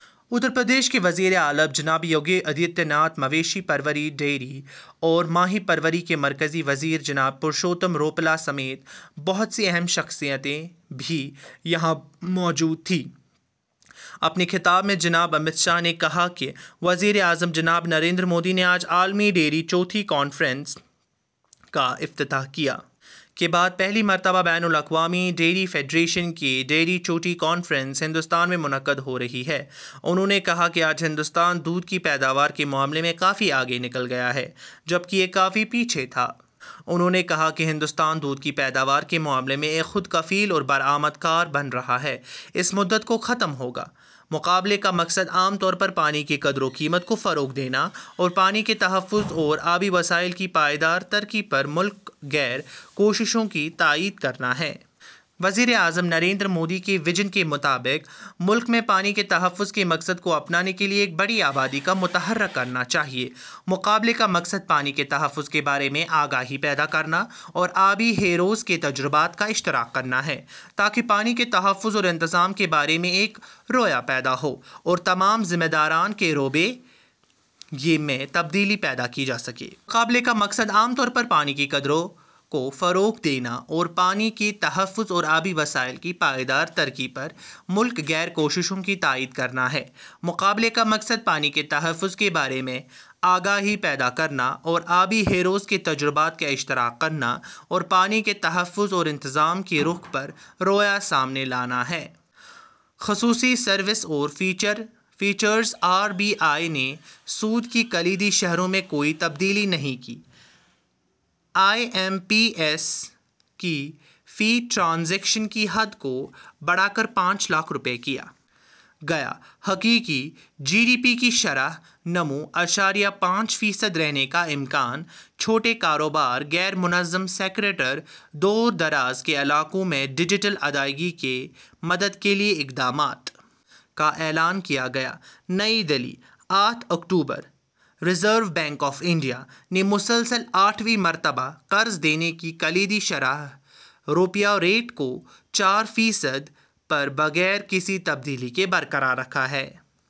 اترپردیش کے وزیراعلی جناب یوگی آدتیہ ناتھ مویشی پروری ڈیری اور ماہی پروری کے مرکزی وزیر جناب پرشوتم روپالا سمیت بہت سی اہم شخصیتیں بھی یہاں موجود تھیں۔ اپنے خطاب میں جناب امت شاہ نے کہا کہ وزیراعظم جناب نریندر مودی نے آج عالمی ڈیری چوٹی کانفرنس کا افتتاح کیا۔ کے بعد پہلی مرتبہ بین الاقوامی ڈیری فیڈریشن کی ڈیری چوٹی کانفرنس ہندوستان میں منعقد ہورہی ہے۔ انہوں نے کہا کہ آج ہندوستان دودھ کی پیداوار کے معاملے میں کافی آگے نکل گیا ہے جبکہ میں یہ کافی پیچھے تھا۔ انہوں نے کہا کہ ہندوستان دودھ کی پیداوار کے معاملے میں ایک خود کفیل اور برآمد کار بن رہا ہے۔ اس مدت کو ختم ہوگا۔ مقابلے کا مقصد عام طور پر پانی کی قدر و قیمت کو فروغ دینا اور پانی کے تحفظ اور آبی وسائل کی پائیدار ترقی پر ملک گیر کوششوں کی تائید کرنا ہے۔ وزیر اعظم نریندر مودی کے ویژن کے مطابق ملک میں پانی کے تحفظ کے مقصد کو اپنانے کے لئے ایک بڑی آبادی کو متحرک کرنا چاہیے۔ مقابلے کا مقصد پانی کے تحفظ کے بارے میں آگاہی پیدا کرنا اور آبی ہیروز کے تجربات کا اشتراک کرنا ہے تاکہ پانی کے تحفظ اور انتظام کے بارے میں ایک رویہ پیدا ہو اور تمام ذمہ داران کے رویے میں تبدیلی پیدا کی جا سکے۔ مقابلے کا مقصد عام طور پر پانی کی قدر کو فروغ دینا اور پانی کے تحفظ اور آبی وسائل کی پائیدار ترقی پر ملک گیر کوششوں کی تائید کرنا ہے۔ مقابلے کا مقصد پانی کے تحفظ کے بارے میں آگاہی پیدا کرنا اور آبی ہیروز کے تجربات کا اشتراک کرنا اور پانی کے تحفظ اور انتظام کے رُخ پر رویہ سامنے لانا ہے۔ خصوصی سروس اور فیچرس آر بی آئی نے سود کی کلیدی شرحوں میں کوئی تبدیلی نہیں کی آئی ایم پی ایس کی فی ٹرانزیکشن کی حد کو بڑھا کر پانچ لاکھ روپئے کیا گیا حقیقی جی ڈی پی کی شرح نمو نو اعشاریہ پانچ فی صد رہنے کا امکان چھوٹے کاروبار غیر منظم سیکٹر دور دراز کے علاقوں میں ڈجیٹل ادائیگی کی مدد کے لئے اقدامات کا اعلان کیا گیا نئی دلّی آٹھ اکتوبر ریزرو بینک آف انڈیا نے مسلسل آٹھویں مرتبہ قرض دینے کی کلیدی شرح ریپو ریٹ کو چار فی صد پر بغیر کسی تبدیلی کے برقرار رکھا ہے